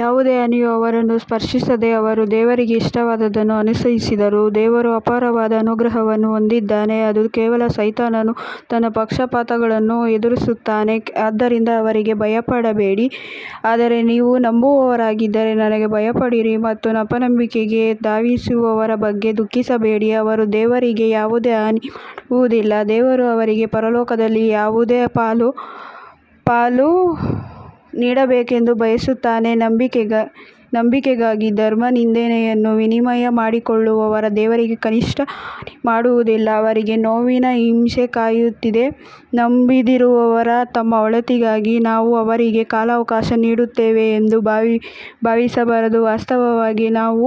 ಯಾವುದೇ ಹಾನಿಯು ಅವರನ್ನು ಸ್ಪರ್ಶಿಸದೆ ಅವರು ದೇವರಿಗೆ ಇಷ್ಟವಾದದ್ದನ್ನು ಅನುಸರಿಸಿದರು, ದೇವರು ಅಪಾರವಾದ ಅನುಗ್ರಹವನ್ನು ಹೊಂದಿದ್ದಾನೆ ಅದು ಕೇವಲ ಸೈತಾನನು ತನ್ನ ಪಕ್ಷಪಾತಿಗಳನ್ನು ಹೆದರಿಸುತ್ತಾನೆ ಆದ್ದರಿಂದ ಅವರಿಗೆ ಭಯಪಡಬೇಡಿ ಆದರೆ ನೀವು ನಂಬುವವರಾಗಿದ್ದರೆ ನನಗೆ ಭಯಪಡಿರಿ ಮತ್ತು ಅಪನಂಬಿಕೆಗೆ ಧಾವಿಸುವವರ ಬಗ್ಗೆ ದುಃಖಿಸಬೇಡಿ ಅವರು ದೇವರಿಗೆ ಯಾವುದೇ ಹಾನಿ ಮಾಡುವುದಿಲ್ಲ, ದೇವರು ಅವರಿಗೆ ಪರಲೋಕದಲ್ಲಿ ಯಾವುದೇ ಪಾಲು ನೀಡಬೇಕೆಂದು ಬಯಸುತ್ತಾನೆ ನಂಬಿಕೆಗಾಗಿ ಧರ್ಮನಿಂದೆಯನ್ನು ವಿನಿಮಯ ಮಾಡಿಕೊಳ್ಳುವವರು ದೇವರಿಗೆ ಕನಿಷ್ಠ ಹಾನಿ ಮಾಡುವುದಿಲ್ಲ, ಅವರಿಗೆ ನೋವಿನ ಹಿಂಸೆ ಕಾಯುತ್ತಿದೆ ನಂಬದಿರುವವರು ತಮ್ಮ ಒಳಿತಿಗಾಗಿ ನಾವು ಅವರಿಗೆ ಕಾಲಾವಕಾಶ ನೀಡುತ್ತೇವೆ ಎಂದು ಭಾವಿಸಬಾರದು, ವಾಸ್ತವವಾಗಿ ನಾವು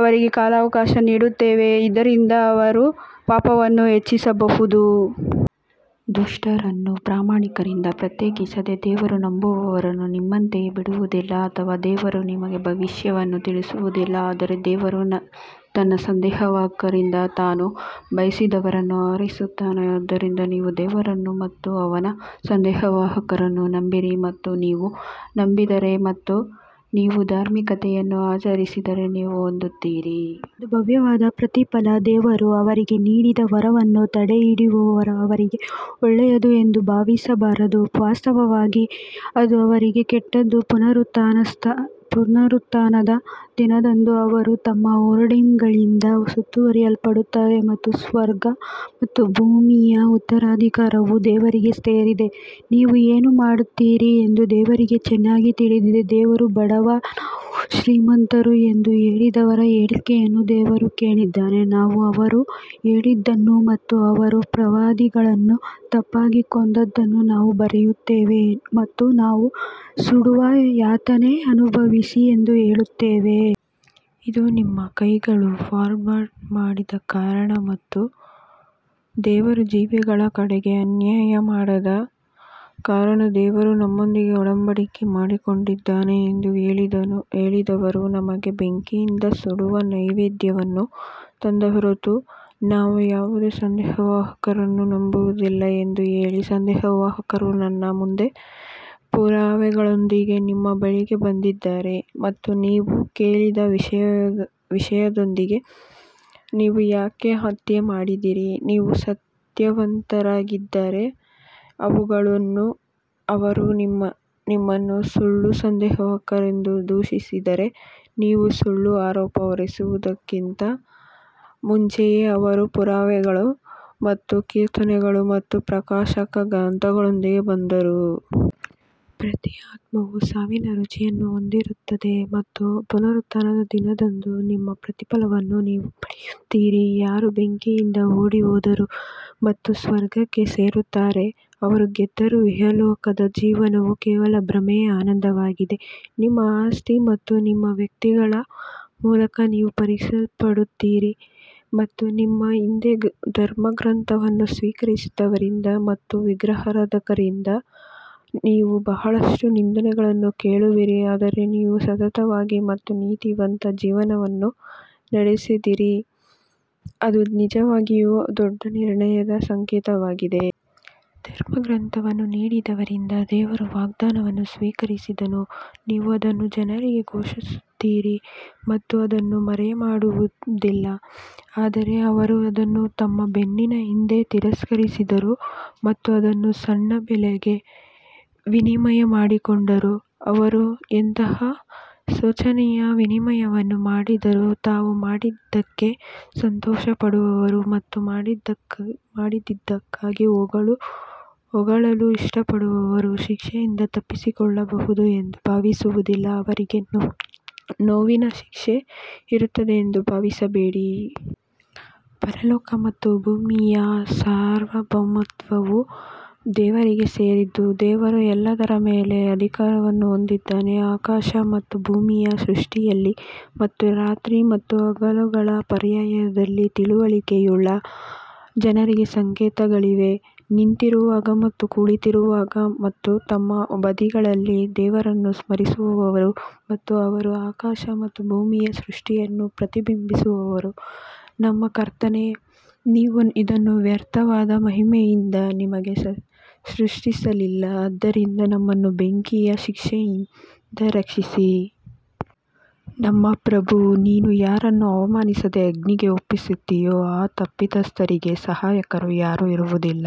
ಅವರಿಗೆ ಕಾಲಾವಕಾಶ ನೀಡುತ್ತೇವೆ, ಇದರಿಂದ ಅವರು ಪಾಪವನ್ನು ಹೆಚ್ಚಿಸಬಹುದು. ದುಷ್ಟರನ್ನು ಪ್ರಾಮಾಣಿಕರಿಂದ ಪ್ರತ್ಯೇಕಿಸದೆ ದೇವರು ನಂಬುವವರನ್ನು ನಿಮ್ಮಂತೆಯೇ ಬಿಡುವುದಿಲ್ಲ ಅಥವಾ ದೇವರು ನಿಮಗೆ ಭವಿಷ್ಯವನ್ನು ತಿಳಿಸುವುದಿಲ್ಲ ಆದರೆ ದೇವರು ತನ್ನ ಸಂದೇಶವಾಹಕರಿಂದ ತಾನು ಬಯಸಿದವರನ್ನು ಆರಿಸುತ್ತಾನೆ ಆದ್ದರಿಂದ ನೀವು ದೇವರನ್ನು ಮತ್ತು ಅವನ ಸಂದೇಶವಾಹಕರನ್ನು ನಂಬಿರಿ ಮತ್ತು ನೀವು ನಂಬಿದರೆ ಮತ್ತು ನೀವು ಧಾರ್ಮಿಕತೆಯನ್ನು ಆಚರಿಸಿದರೆ ನೀವು ಹೊಂದುತ್ತೀರಿ. ಒಂದು ಭವ್ಯವಾದ ಪ್ರತಿಫಲ ದೇವರು ಅವರಿಗೆ ನೀಡಿದ ವರವನ್ನು ತಡೆಹಿಡಿಯುವವರು ಅವರಿಗೆ ಒಳ್ಳೆಯದು ಎಂದು ಭಾವಿಸಬಾರದು, ವಾಸ್ತವವಾಗಿ ಅದು ಅವರಿಗೆ ಕೆಟ್ಟದು, ಪುನರುತ್ಥಾನದ ದಿನದಂದು ಅವರು ತಮ್ಮ ಹೋರ್ಡಿಂಗ್ಗಳಿಂದ ಸುತ್ತುವರಿಯಲ್ಪಡುತ್ತಾರೆ ಮತ್ತು ಸ್ವರ್ಗ ಮತ್ತು ಭೂಮಿಯ ಉತ್ತರಾಧಿಕಾರವು ದೇವರಿಗೆ ಸೇರಿದೆ. ನೀವು ಏನು ಮಾಡುತ್ತೀರಿ ಎಂದು ದೇವರಿಗೆ ಚೆನ್ನಾಗಿ ತಿಳಿದಿದೆ ದೇವರು ಬಡವ, ನಾವು ಶ್ರೀಮಂತರು ಎಂದು ಹೇಳಿದವರ ಹೇಳಿಕೆಯನ್ನು ದೇವರು ಕೇಳಿದ್ದಾನೆ, ನಾವು ಅವರು ಹೇಳಿದ್ದನ್ನು ಮತ್ತು ಅವರು ಪ್ರವಾದಿಗಳನ್ನು ತಪ್ಪಾಗಿ ಕೊಂದದ್ದನ್ನು ನಾವು ಬರೆಯುತ್ತೇವೆ ಮತ್ತು ನಾವು ಸುಡುವ ಯಾತನೆ ಅನುಭವಿಸಿ ಎಂದು ಹೇಳುತ್ತೇವೆ. ಇದು ನಿಮ್ಮ ಕೈಗಳು ಫಾರ್ವರ್ಡ್ ಮಾಡಿದ ಕಾರಣ ಮತ್ತು ದೇವರು ಜೀವಿಗಳ ಕಡೆಗೆ ಅನ್ಯಾಯ ಮಾಡದ ಕಾರಣ ದೇವರು ನಮ್ಮೊಂದಿಗೆ ಒಡಂಬಡಿಕೆ ಮಾಡಿಕೊಂಡಿದ್ದಾನೆ ಎಂದು ಹೇಳಿದವರು ನಮಗೆ ಬೆಂಕಿಯಿಂದ ಸುಡುವ ನೈವೇದ್ಯವನ್ನು ತಂದ ಹೊರತು ನಾವು ಯಾವುದೇ ಸಂದೇಶವಾಹಕರನ್ನು ನಂಬುವುದಿಲ್ಲ ಎಂದು ಹೇಳಿ, ಸಂದೇಶವಾಹಕರು ನನ್ನ ಮುಂದೆ ಪುರಾವೆಗಳೊಂದಿಗೆ ನಿಮ್ಮ ಬಳಿಗೆ ಬಂದಿದ್ದಾರೆ ಮತ್ತು ನೀವು ಕೇಳಿದ ವಿಷಯದೊಂದಿಗೆ ನೀವು ಯಾಕೆ ಹತ್ಯೆ ಮಾಡಿದಿರಿ ನೀವು ಸತ್ಯವಂತರಾಗಿದ್ದರೆ ಅವುಗಳನ್ನು ಅವರು ನಿಮ್ಮನ್ನು ಸುಳ್ಳು ಸಂದೇಶವಾಹಕರೆಂದು ದೂಷಿಸಿದರೆ, ನೀವು ಸುಳ್ಳು ಆರೋಪ ಹೊರಿಸುವುದಕ್ಕಿಂತ ಮುಂಚೆಯೇ ಅವರು ಪುರಾವೆಗಳು ಮತ್ತು ಕೀರ್ತನೆಗಳು ಮತ್ತು ಪ್ರಕಾಶಕ ಗ್ರಂಥಗಳೊಂದಿಗೆ ಬಂದರು. ಪ್ರತಿ ಆತ್ಮವು ಸಾವಿನ ರುಚಿಯನ್ನು ಹೊಂದಿರುತ್ತದೆ ಮತ್ತು ಪುನರುತ್ಥಾನದ ದಿನದಂದು ನಿಮ್ಮ ಪ್ರತಿಫಲವನ್ನು ನೀವು ಪಡೆಯುತ್ತೀರಿ, ಯಾರು ಬೆಂಕಿಯಿಂದ ಓಡಿಹೋದರು ಮತ್ತು ಸ್ವರ್ಗಕ್ಕೆ ಸೇರುತ್ತಾರೆ, ಅವರು ಗೆದ್ದರು ಇಹಲೋಕದ ಜೀವನವು ಕೇವಲ ಭ್ರಮೆಯ ಆನಂದವಾಗಿದೆ. ನಿಮ್ಮ ಆಸ್ತಿ ಮತ್ತು ನಿಮ್ಮ ವ್ಯಕ್ತಿಗಳ ಮೂಲಕ ನೀವು ಪರೀಕ್ಷಿಸಲ್ಪಡುತ್ತೀರಿ ಮತ್ತು ನಿಮ್ಮ ಹಿಂದೆ ಧರ್ಮಗ್ರಂಥವನ್ನು ಸ್ವೀಕರಿಸಿದವರಿಂದ ಮತ್ತು ವಿಗ್ರಹಾರಾಧಕರಿಂದ ನೀವು ಬಹಳಷ್ಟು ನಿಂದನೆಗಳನ್ನು ಕೇಳುವಿರಿ ಆದರೆ ನೀವು ಸತತವಾಗಿ ಮತ್ತು ನೀತಿವಂತ ಜೀವನವನ್ನು ನಡೆಸಿದರೆ ಅದು ನಿಜವಾಗಿಯೂ ದೊಡ್ಡ ನಿರ್ಣಯದ ಸಂಕೇತವಾಗಿದೆ. ಧರ್ಮಗ್ರಂಥವನ್ನು ನೀಡಿದವರಿಂದ ದೇವರು ವಾಗ್ದಾನವನ್ನು ಸ್ವೀಕರಿಸಿದನು, ನೀವು ಅದನ್ನು ಜನರಿಗೆ ಘೋಷಿಸುತ್ತೀರಿ ಮತ್ತು ಅದನ್ನು ಮರೆಮಾಡುವುದಿಲ್ಲ ಆದರೆ ಅವರು ಅದನ್ನು ತಮ್ಮ ಬೆನ್ನಿನ ಹಿಂದೆ ತಿರಸ್ಕರಿಸಿದರು ಮತ್ತು ಅದನ್ನು ಸಣ್ಣ ಬೆಲೆಗೆ ವಿನಿಮಯ ಮಾಡಿಕೊಂಡರು ಅವರು ಎಂತಹ ಶೋಚನೀಯ ವಿನಿಮಯವನ್ನು ಮಾಡಿದರು ತಾವು ಮಾಡಿದ್ದಕ್ಕೆ ಸಂತೋಷಪಡುವವರು ಮತ್ತು ಮಾಡದಿದ್ದಕ್ಕಾಗಿ ಹೊಗಳಲು ಇಷ್ಟಪಡುವವರು ಶಿಕ್ಷೆಯಿಂದ ತಪ್ಪಿಸಿಕೊಳ್ಳಬಹುದು ಎಂದು ಭಾವಿಸುವುದಿಲ್ಲ ಅವರಿಗೆ ನೋವಿನ ಶಿಕ್ಷೆ ಇರುತ್ತದೆ ಎಂದು ಭಾವಿಸಬೇಡಿ. ಪರಲೋಕ ಮತ್ತು ಭೂಮಿಯ ಸಾರ್ವಭೌಮತ್ವವು ದೇವರಿಗೆ ಸೇರಿದ್ದು, ದೇವರು ಎಲ್ಲದರ ಮೇಲೆ ಅಧಿಕಾರವನ್ನು ಹೊಂದಿದ್ದಾನೆ ಆಕಾಶ ಮತ್ತು ಭೂಮಿಯ ಸೃಷ್ಟಿಯಲ್ಲಿ ಮತ್ತು ರಾತ್ರಿ ಮತ್ತು ಹಗಲುಗಳ ಪರ್ಯಾಯದಲ್ಲಿ ತಿಳುವಳಿಕೆಯುಳ್ಳ ಜನರಿಗೆ ಸಂಕೇತಗಳಿವೆ. ನಿಂತಿರುವಾಗ ಮತ್ತು ಕುಳಿತಿರುವಾಗ ಮತ್ತು ತಮ್ಮ ಬದಿಗಳಲ್ಲಿ ದೇವರನ್ನು ಸ್ಮರಿಸುವವರು ಮತ್ತು ಅವರು ಆಕಾಶ ಮತ್ತು ಭೂಮಿಯ ಸೃಷ್ಟಿಯನ್ನು ಪ್ರತಿಬಿಂಬಿಸುವವರು ನಮ್ಮ ಕರ್ತನೇ, ನೀವು ಇದನ್ನು ವ್ಯರ್ಥವಾದ ಮಹಿಮೆಯಿಂದ ನಿಮಗೆ ಸೃಷ್ಟಿಸಲಿಲ್ಲ ಆದ್ದರಿಂದ ನಮ್ಮನ್ನು ಬೆಂಕಿಯ ಶಿಕ್ಷೆಯಿಂದ ರಕ್ಷಿಸಿ. ನಮ್ಮ ಪ್ರಭು ನೀನು ಯಾರನ್ನು ಅವಮಾನಿಸಿದ ಅಗ್ನಿಗೆ ಒಪ್ಪಿಸುತ್ತೀಯೋ ಆ ತಪ್ಪಿತಸ್ಥರಿಗೆ ಸಹಾಯಕರು ಯಾರೂ ಇರುವುದಿಲ್ಲ.